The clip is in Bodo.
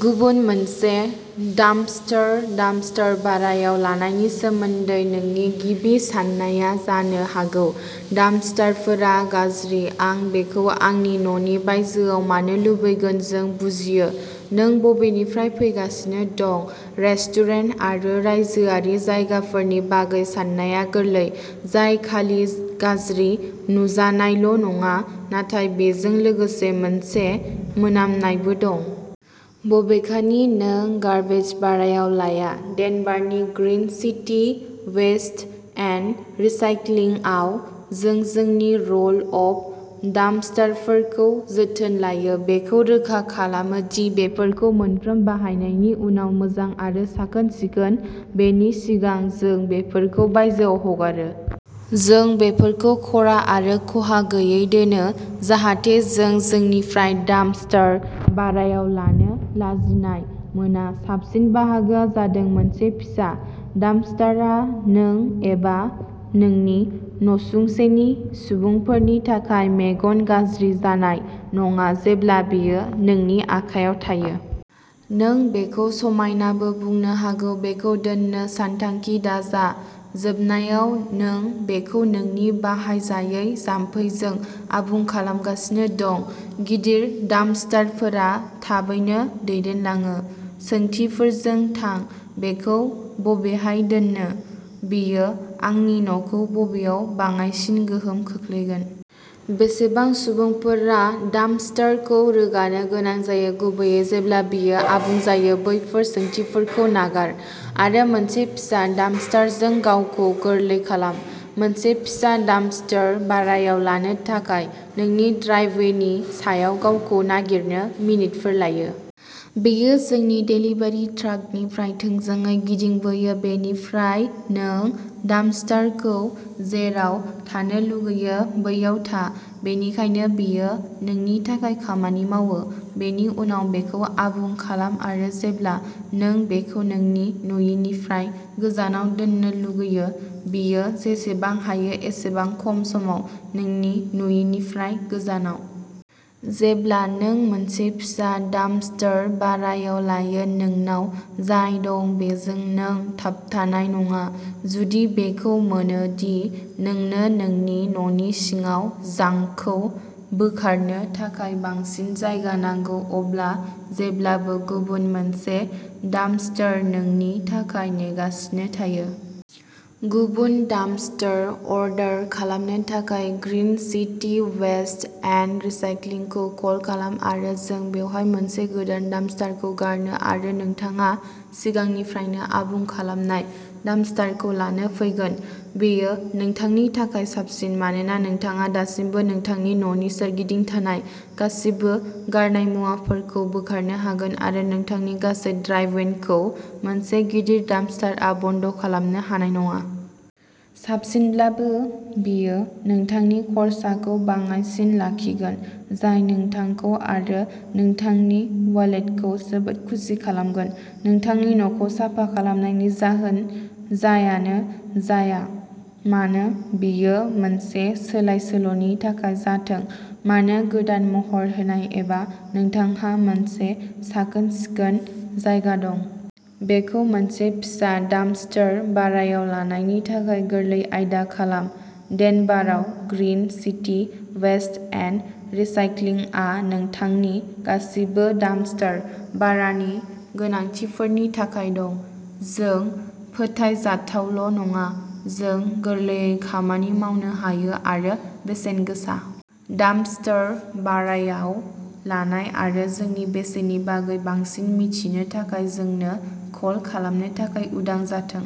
गुबुन मोनसे डाम्पस्टार। डाम्पस्टार भारायाव लानायनि सोमोन्दै नोंनि गिबि साननाया जानो हागौ, डाम्पस्टारफोरा गाज्रि, आं बेखौ आंनि न'नि बायजोआव मानो लुबैगोन। जों बुजियो नों बबेनिफ्राय फैगासिनो दं। रेस्टुरेन्ट आरो रायजोआरि जायगाफोरनि बागै साननाया गोरलै, जाय खालि गाज्रि नुजानायल' नङा, नाथाय बेजों लोगोसे मोनसे मोनामनायबो दं। बबेखानि, नों गार्बेज भारायाव लाया। डेनभारनि ग्रीन सिटी वेस्ट एन्ड रिसाइक्लिंआव, जों जोंनि र'ल अफ डाम्पस्टारफोरखौ जोथोन लायो, बेखौ रोखा खालामो दि बेफोरखौ मोनफ्रोम बाहायनायनि उनाव मोजां आरो साखोन सिखोन, बेनि सिगां जों बेफोरखौ बायजोआव हगारो। जों बेफोरखौ ख'रा आरो खहा गैयै दोनो, जाहाथे नों जोंनिफ्राय डाम्पस्टार भारायाव लानो लाजिनाय मोना। साबसिन बाहागोआ जादों मोनसे फिसा डाम्पस्टारआ नों एबा नोंनि नसुंसेनि सुबुंफोरनि थाखाय मेगन गाज्रि जानाय नङा, जेब्ला बेयो नोंनि आखायाव थायो। नों बेखौ समायनाबो बुंनो हागौ। बेखौ दोननो सानथांखि दाजा, जोबनायाव नों बेखौ नोंनि बाहायजायै जामफैजों आबुं खालामगासिनो दं। गिदिर डाम्पस्टारफोरा थाबैनो दैदेनलाङो। सोंथिफोरजों थां। बेखौ बबेहाय दोननो? बेयो आंनि न'खौ बबेयाव बाङायसिन गोहोम खोख्लैगोन? बेसेबां सुबुंफोरा डाम्पस्टारखौ रोगानो गोनां जायो, गुबैयै जेब्ला बेयो आबुं जायो? बैफोर सोंथिफोरखौ नागार आरो मोनसे फिसा डाम्पस्टारजों गावखौ गोरलै खालाम। मोनसे फिसा डाम्पस्टार भारायाव लानो थाखाय नोंनि ड्राइभवेनि सायाव गावखौ नागिरनो मिनिटफोर लायो। बेयो जोंनि देलिभारि ट्राकनिफ्राय थोंजोङै गिदिंबोयो। बेनिफ्राय, नों डाम्पस्टारखौ जेराव थानो लुगैयो बैयाव था, बेनिखायनो बेयो नोंनि थाखाय खामानि मावो। बेनि उनाव बेखौ आबुं खालाम आरो जेब्ला नों बेखौ नोंनि नुयिनिफ्राय गोजानाव दोननो लुगैयो, बेयो जेसेबां हायो एसेबां खम समाव नोंनि नुयिनिफ्राय गोजानाव। जेब्ला नों मोनसे फिसा डाम्पस्टार भारायाव लायो, नोंनाव जाय दं बेजों नों थाबथानाय नङा। जुदि बेखौ मोनो दि नोंनो नोंनि न'नि सिङाव जांकखौ बोखारनो थाखाय बांसिन जायगा नांगौ, अब्ला जेब्लाबो गुबुन मोनसे डाम्पस्टार नोंनि थाखाय नेगासिनो थायो। गुबुन डाम्पस्टार अर्डार खालामनो थाखाय ग्रीन सिटी वेस्ट एन्ड रिसाइक्लिंखौ कल खालाम आरो जों बेवहाय मोनसे गोदान डाम्पस्टारखौ गारनो आरो नोंथाङा सिगांनिफ्रायनो आबुं खालामनाय डाम्पस्टारखौ लानो फैगोन। बेयो नोंथांनि थाखाय साबसिन, मानोना नोंथाङा दासिमबो नोंथांनि न'नि सोरगिदिं थानाय गासिबो गारनाय मुवाफोरखौ बोखारनो हागोन आरो नोंथांनि गासै ड्राइभवेखौ मोनसे गिदिर डाम्पस्टारआ बन्द' खालामनो हानाय नङा। साबसिनब्लाबो, बेयो नोंथांनि खरसाखौ बाङाइसिन लाखिगोन, जाय नोंथांखौ आरो नोंथांनि वालेटखौ जोबोद खुसि खालामगोन। नोंथांनि न'खौ साफा खालामनायनि जाहोन जायानो जाया मानो बेयो मोनसे सोलायसोल'नि थाखाय जाथों मानो, गोदान महर होनाय एबा नोंथांहा मोनसे साखोन सिखोन जायगा दं। बेखौ मोनसे फिसा डाम्पस्टार भारायाव लानायनि थाखाय गोरलै आयदा खालाम। डेनभाराव ग्रीन सिटी वेस्ट एन्ड रिसाइक्लिंआ नोंथांनि गासिबो डाम्पस्टार भारानि गोनांथिफोरनि थाखाय दं। जों फोथायजाथावल' नङा, जों गोरलैयै खामानि मावनो हायो आरो बेसेनगोसा। डाम्पस्टार भारायाव लानाय आरो जोंनि बेसेननि बागै बांसिन मिथिनो थाखाय, जोंनो कल खालामनो थाखाय उदां जाथों।